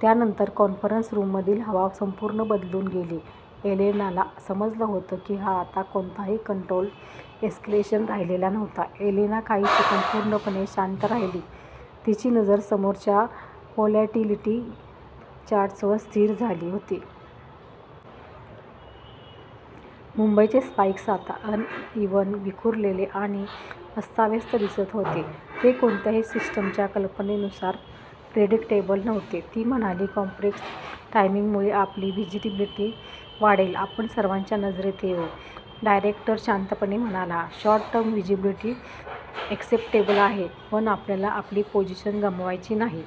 त्या नंतर कॉन्फरन्स रूममधली हवा संपूर्ण बदलून गेली. एलेनाला समजलं होतं कि हा आता कोणताही कंट्रोल्ड एस्केलेशन राहिलेला नव्हता. एलेना काही सेकंद पूर्णपणे शांत राहिली. तिची नजर समोरच्या व्होलॅटिलिटी चार्ट्सवर स्थिर झाली होती. मुंबईचे स्पाईक्स आता अनइव्हन, विखुरलेले आणि अस्ताव्यस्त दिसत होते. ते कोणत्याही सिस्टीमच्या कल्पनेनुसार प्रेडिक्टेबल नव्हते. ती म्हणाली, कॉम्प्रेस्ड टायमिंगमुळे आपली व्हिजिबिलिटी वाढेल. आपण सर्वांच्या नजरेत येऊ. डायरेक्टर शांतपणे म्हणाला, "शॉर्ट-टर्म व्हिजिबिलिटी एक्सेप्टेबल आहे, पण आपल्याला आपली पोझिशन गमवायची नाही."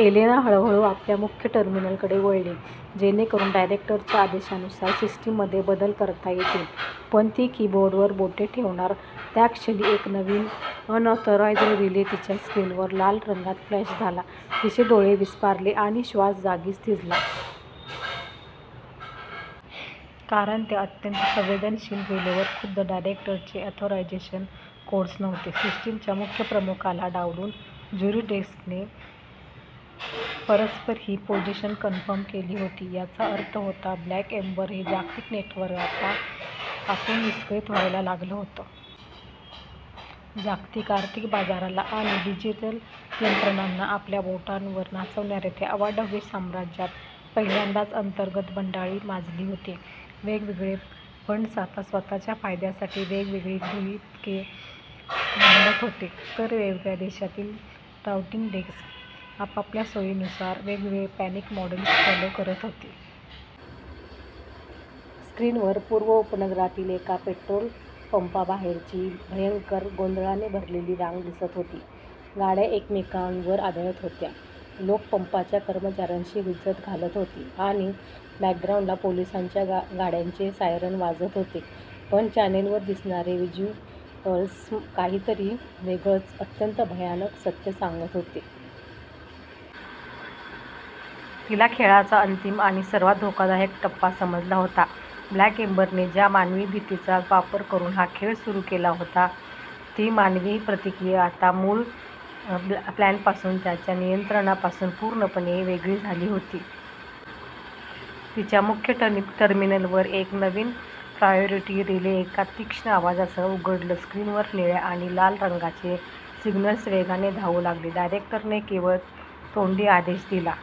एलेना हळूहळू आपल्या मुख्य टर्मिनलकडे वळली, जेणेकरून डायरेक्टरच्या आदेशानुसार सिस्टीममध्ये बदल करता येतील. पण ती कीबोर्डवर बोटे ठेवणार, त्याच क्षणी एक नवीन, अनऑथराईज्ड रिले तिच्या स्क्रीनवर लाल रंगात फ्लॅश झाला: तिचे डोळे विस्फारले आणि श्वास जागीच थिजला. कारण त्या अत्यंत संवेदनशील रिलेवर खुद्द डायरेक्टरचे ऑथरायझेशन कोड्स नव्हते. सिस्टीमच्या मुख्य प्रमुखाला डावलून झुरिच डेस्कने परस्पर ही पोझिशन कन्फर्म केली होती. याचा अर्थ होता 'ब्लॅक एम्बर' हे जागतिक नेटवर्क आता आतून विस्कळीत व्हायला लागलं होतं. जागतिक आर्थिक बाजाराला आणि डिजिटल यंत्रणांना आपल्या बोटांवर नाचवणाऱ्या त्या अवाढव्य साम्राज्यात पहिल्यांदाच अंतर्गत बंडाळी माजली होती. वेगवेगळे फंड्स आता स्वतःच्या फायद्यासाठी वेगवेगळी गृहीतके मांडत होते, तर वेगवेगळ्या देशांतील राउटिंग डेस्क आपापल्या सोयीनुसार वेगवेगळे पॅनिक मॉडेल्स फॉलो करत होते. स्क्रीनवर पूर्व उपनगरातील एका पेट्रोल पंपाबाहेरची भयंकर, गोंधळाने भरलेली रांग दिसत होती. गाड्या एकमेकांवर आदळत होत्या, लोक पंपाच्या कर्मचाऱ्यांशी हुज्जत घालत होते आणि बॅकग्राउंडला पोलिसांच्या गाड्यांचे सायरन वाजत होते. पण चॅनेलवर दिसणारे व्हिज्युअल्स काहीतरी वेगळंच, अत्यंत भयानक सत्य सांगत होते. तिला खेळाचा अंतिम आणि सर्वात धोकादायक टप्पा समजला होता. 'ब्लॅक एम्बर'ने ज्या मानवी भीतीचा वापर करून हा खेळ सुरू केला होता, ती मानवी प्रतिक्रिया आता मूळ प्लॅनपासून, त्यांच्या नियंत्रणापासून पूर्णपणे वेगळी झाली होती. तिच्या मुख्य टर्मिनलवर एक नवीन प्रायोरिटी रिले एका तीक्ष्ण आवाजासह उघडलं. स्क्रीनवर निळ्या आणि लाल रंगाचे सिग्नल्स वेगाने धावू लागले. डायरेक्टरने केवळ तोंडी आदेश दिला